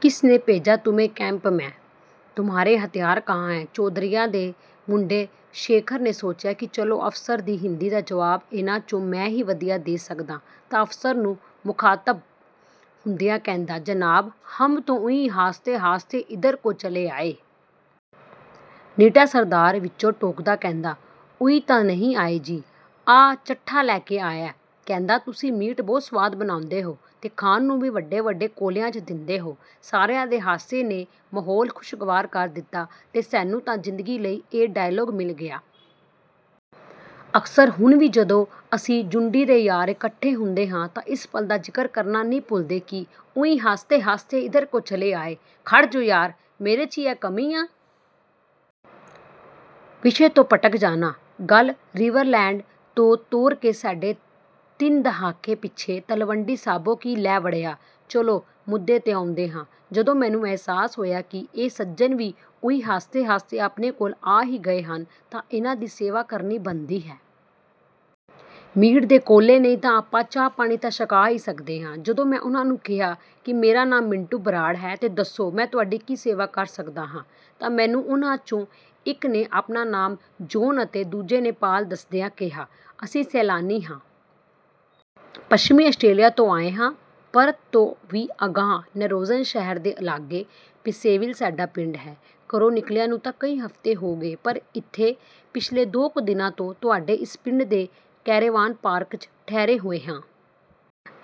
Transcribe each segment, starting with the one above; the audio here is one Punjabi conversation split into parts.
ਕਿਸ ਨੇ ਭੇਜਾ ਤੁਮੇ ਕੈਂਪ ਮੈਂ? ਤੁਮਾਰੇ ਹਥਿਆਰ ਕਹਾਂ ਹੈ? ਚੌਧਰੀਆਂ ਦੇ ਮੁੰਡੇ ਸ਼ੇਖਰ ਨੇ ਸੋਚਿਆ ਕਿ ਚਲੋ ਅਫ਼ਸਰ ਦੀ ਹਿੰਦੀ ਦਾ ਜਵਾਬ ਇਹਨਾਂ 'ਚੋਂ ਮੈਂ ਹੀ ਵਧੀਆ ਦੇ ਸਕਦਾ। ਤਾਂ ਅਫ਼ਸਰ ਨੂੰ ਮੁਖ਼ਾਤਬ ਹੁੰਦਿਆਂ ਕਹਿੰਦਾ, "ਜਨਾਬ, ਹਮ ਤੋ ਊਂਈ ਹਾਸਤੇ-ਹਾਸਤੇ ਇੱਧਰ ਕੋ ਚਲੇ ਆਏ।" ਨੀਟਾ ਸਰਦਾਰ ਵਿਚੋਂ ਟੋਕਦਾ ਕਹਿੰਦਾ, "ਊਈ ਤਾਂ ਨਹੀਂ ਆਏ ਜੀ, ਆਹ ਚੱਠਾ ਲੈ ਕੇ ਆਇਆ। ਕਹਿੰਦਾ, ਤੁਸੀਂ ਮੀਟ ਬਹੁਤ ਸਵਾਦ ਬਣਾਉਂਦੇ ਹੋ ਤੇ ਖਾਣ ਨੂੰ ਵੀ ਵੱਡੇ-ਵੱਡੇ ਕੌਲਿਆਂ 'ਚ ਦਿੰਦੇ ਹੋ।" ਸਾਰਿਆਂ ਦੇ ਹਾਸੇ ਨੇ ਮਾਹੌਲ ਖ਼ੁਸ਼ਗਵਾਰ ਕਰ ਦਿੱਤਾ ਤੇ ਸਾਨੂੰ ਤਾਂ ਜ਼ਿੰਦਗੀ ਲਈ ਇਹ ਡਾਇਲਾਗ ਮਿਲ ਗਿਆ। ਅਕਸਰ ਹੁਣ ਵੀ, ਜਦੋਂ ਅਸੀਂ ਜੁੰਡੀ ਦੇ ਯਾਰ ਇਕੱਠੇ ਹੁੰਦੇ ਹਾਂ, ਤਾਂ ਇਸ ਗੱਲ ਦਾ ਜ਼ਿਕਰ ਕਰਨਾ ਨਹੀਂ ਭੁੱਲਦੇ ਕਿ, "ਊਂਈ ਹਾਸਤੇ-ਹਾਸਤੇ ਇੱਧਰ ਕੋ ਚਲੇ ਆਏ।" ਖੜ੍ਹ ਜੋ ਯਾਰ! ਮੇਰੇ 'ਚ ਵੀ ਇਹ ਕਮੀ ਆ। ਵਿਸ਼ੇ ਤੋਂ ਭਟਕ ਜਾਣਾ। ਗੱਲ ਰਿਵਰਲੈਂਡ ਤੋਂ ਤੋਰ ਕੇ ਸਾਢੇ ਤਿੰਨ ਦਹਾਕੇ ਪਿੱਛੇ 'ਤਲਵੰਡੀ ਸਾਬੋ ਕੀ' ਲੈ ਵੜਿਆ। ਚਲੋ, ਮੁੱਦੇ 'ਤੇ ਆਉਂਦੇ ਹਾਂ। ਜਦੋਂ ਮੈਨੂੰ ਅਹਿਸਾਸ ਹੋਇਆ ਕਿ ਇਹ ਸੱਜਣ ਵੀ ਊਈ ਹਾਸਤੇ-ਹਾਸਤੇ ਆਪਣੇ ਕੋਲ ਆ ਹੀ ਗਏ ਹਨ, ਤਾਂ ਇਹਨਾਂ ਦੀ ਸੇਵਾ ਕਰਨੀ ਬਣਦੀ ਹੈ। ਮੀਟ ਦੇ ਕੌਲੇ ਨਹੀਂ ਤਾਂ ਆਪਾਂ ਚਾਹ-ਪਾਣੀ ਤਾਂ ਛਕਾ ਹੀ ਸਕਦੇ ਹਾਂ। ਜਦੋਂ ਮੈਂ ਉਹਨਾਂ ਨੂੰ ਕਿਹਾ ਕਿ, "ਮੇਰਾ ਨਾਂ ਮਿੰਟੂ ਬਰਾੜ ਹੈ ਤੇ ਦੱਸੋ, ਮੈਂ ਤੁਹਾਡੀ ਕੀ ਸੇਵਾ ਕਰ ਸਕਦਾ ਹਾਂ।" ਤਾਂ ਮੈਨੂੰ ਉਹਨਾਂ 'ਚੋਂ ਇਕ ਨੇ ਆਪਣਾ ਨਾਮ ਜੌਨ ਅਤੇ ਦੂਜੇ ਨੇ ਪਾਲ ਦੱਸਦਿਆਂ ਕਿਹਾ, "ਅਸੀਂ ਸੈਲਾਨੀ ਹਾਂ। ਪੱਛਮੀ ਆਸਟ੍ਰੇਲੀਆ ਤੋਂ ਆਏ ਹਾਂ। ਪਰਥ ਤੋਂ ਵੀ ਅਗਾਂਹ ਨੈਰੋਜਨ ਸ਼ਹਿਰ ਦੇ ਲਾਗੇ ਪਿਸੇਵਿਲ ਸਾਡਾ ਪਿੰਡ ਹੈ। ਘਰੋਂ ਨਿਕਲਿਆਂ ਨੂੰ ਤਾਂ ਕਈ ਹਫ਼ਤੇ ਹੋ ਗਏ, ਪਰ ਇੱਥੇ ਪਿਛਲੇ ਦੋ ਕੁ ਦਿਨਾਂ ਤੋਂ ਤੁਹਾਡੇ ਇਸ ਪਿੰਡ ਦੇ ਕੈਰੇਵਾਨ ਪਾਰਕ 'ਚ ਠਹਿਰੇ ਹੋਏ ਹਾਂ।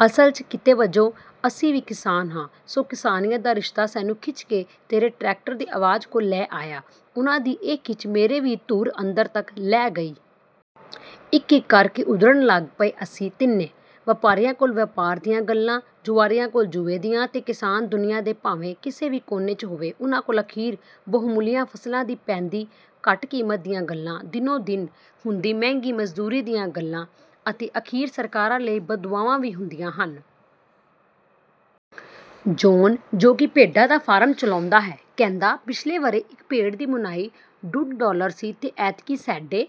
ਅਸਲ 'ਚ ਕਿੱਤੇ ਵਜੋਂ ਅਸੀਂ ਵੀ ਕਿਸਾਨ ਹਾਂ। ਸੋ ਕਿਸਾਨੀਅਤ ਦਾ ਰਿਸ਼ਤਾ ਸਾਨੂੰ ਖਿੱਚ ਕੇ ਤੇਰੇ ਟਰੈਕਟਰ ਦੀ ਆਵਾਜ਼ ਕੋਲ ਲੈ ਆਇਆ।" ਉਹਨਾਂ ਦੀ ਇਹ ਖਿੱਚ ਮੇਰੇ ਵੀ ਧੁਰ ਅੰਦਰ ਤੱਕ ਲਹਿ ਗਈ। ਇਕ-ਇਕ ਕਰ ਕੇ ਉੱਧੜਨ ਲੱਗ ਪਏ ਅਸੀਂ ਤਿੰਨੇ। ਵਪਾਰੀਆਂ ਕੋਲ ਵਪਾਰ ਦੀਆਂ ਗੱਲਾਂ, ਜੁਆਰੀਆਂ ਕੋਲ ਜੂਏ ਦੀਆਂ ਤੇ ਕਿਸਾਨ, ਦੁਨੀਆ ਦੇ ਭਾਵੇਂ ਕਿਸੇ ਵੀ ਕੋਨੇ 'ਚ ਹੋਵੇ, ਉਹਨਾਂ ਕੋਲ ਅਖੀਰ ਬਹੁਮੁੱਲੀਆਂ ਫ਼ਸਲਾਂ ਦੀ ਪੈਂਦੀ ਘਟ ਕੀਮਤ ਦੀਆਂ ਗੱਲਾਂ, ਦਿਨੋਂ-ਦਿਨ ਹੁੰਦੀ ਮਹਿੰਗੀ ਮਜ਼ਦੂਰੀ ਦੀਆਂ ਗੱਲਾਂ ਅਤੇ ਅਖੀਰ ਸਰਕਾਰਾਂ ਲਈ ਬਦਦੁਆਵਾਂ ਹੀ ਹੁੰਦੀਆਂ ਹਨ। ਜੌਨ, ਜੋ ਕਿ ਭੇਡਾਂ ਦਾ ਫਾਰਮ ਚਲਾਉਂਦਾ ਹੈ, ਕਹਿੰਦਾ, "ਪਿਛਲੇ ਵਰ੍ਹੇ ਇਕ ਭੇਡ ਦੀ ਮੁਨਾਈ ਡੂਢ ਡਾਲਰ ਸੀ ਤੇ ਐਤਕੀਂ ਸਾਢੇ..."